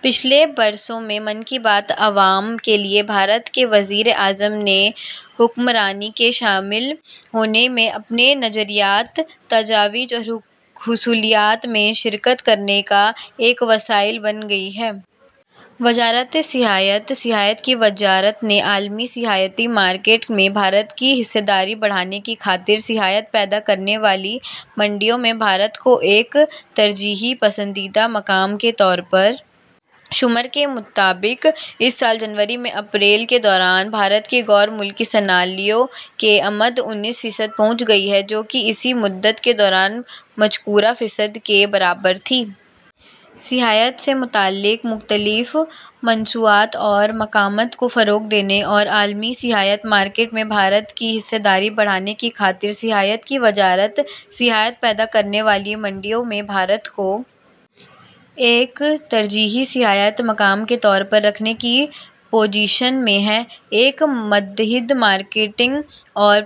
پچھلے برسوں میں من کی بات عوام کے لیے بھارت کے وزیر اعظم کی حکمرانی میں شامل ہونے اور اپنے نظریات تجاویز اور حصولیابیوں میں شرکت کرنے کا ایک وسیلہ بن گئی ہے وزارت سیاحت سیاحت کی وزارت نے عالمی سیاحتی مارکیٹ میں بھارت کی حصہ داری بڑھانے کی خاطر کے لیے سیاحت پیدا کرنے والی منڈیوں میں بھارت کو ایک ترجیحی پسندیدہ مقام کے طور شمار کے مطابق اس سال جنوری سے اپریل کے دوران بھارت میں غیر ملکی سیاحوں کی آمد اناسی فیصد پہنچ گئی ہے جو کہ اسی مدت کے دوران مذکورہ فیصد کے برابر تھی سیاحت سے متعلق مختلف مصنوعات اور مقامات کو فروغ دینے اور عالمی سیاحتی مارکیٹ میں بھارت کی حصہ داری بڑھانے کی خاطر سیاحت کی وزارت سیاحت پیدا کرنے والی منڈیوں میں بھارت کو ایک ترجیحی سیاحتی مقام کے طور پر رکھنے کی پوزیشن میں ہے ایک مربوط مارکیٹنگ اور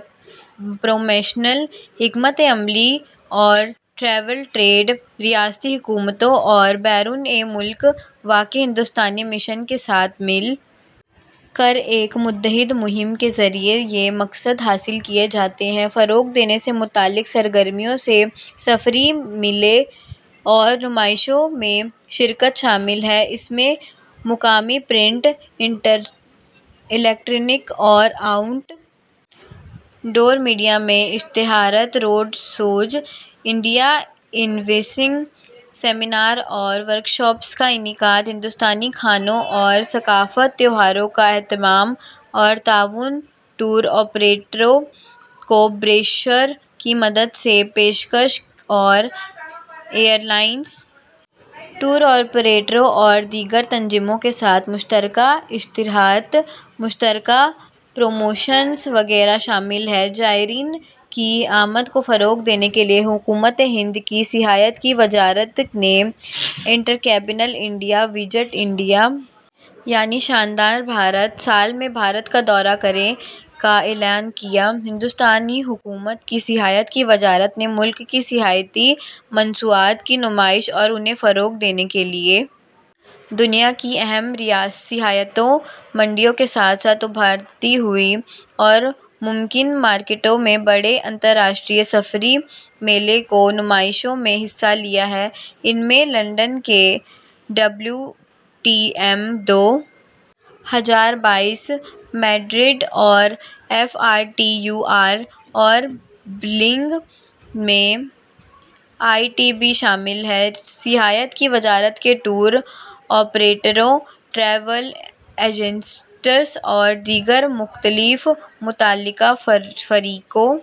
پروموشنل حکمت عملی اور ٹریول ٹریڈ ریاستی حکومتوں اور بیرون ملک واقع بھارتی مشنوں کے ساتھ مل کر ایک مربوط مہم کے ذریعے یہ مقاصد حاصل کیے جاتے ہیں فروغ دینے سے متعلق سرگرمیوں میں سفری میلوں اور نمائشوں میں شرکت شامل ہے اس میں مقامی پرنٹ الیکٹرانک اور آؤٹ ڈور میڈیا میں اشتہارات road shows India evenings seminar اور ورکشاپس کا انعقاد بھارتی کھانے اور ثقافتی تہواروں کا اہتمام اور تعاون ٹور آپریٹرز کو بروشر کی مدد کی پیشکش اور ایئر لائنز ٹور آپریٹرز اور دیگر تنظیموں کے ساتھ مشترکہ اشتہارات مشترکہ پروموشنز وغیرہ شامل ہیں زائرین کی آمد کو فروغ دینے کے لیے بھارتی حکومت کی سیاحت کی وزارت نے incredible India visit India year یعنی شاندار بھارت سال میں بھارت کا دورہ کریں کا اعلان کیا ہے بھارتی حکومت کی سیاحت کی وزارت نے ملک کے سیاحتی مصنوعات کی نمائش اور انہیں فروغ دینے کے لیے دنیا کے اہم سیاحتی منڈیوں کے ساتھ ساتھ ابھرتی ہوئی اور ممکنہ مارکیٹوں میں بڑے بین الاقوامی سفری میلوں اور نمائشوں میں حصہ لیا ہے ان میں لندن میں ڈبلیو ٹی ایم دو ہزار بائیس میڈرڈ میں F I T U R اور برلن میں آئی ٹی بی شامل ہیں سیاحت کی وزارت نے ٹور آپریٹرز ٹریول ایجنٹس اور دیگر مختلف متعلقہ فریقوں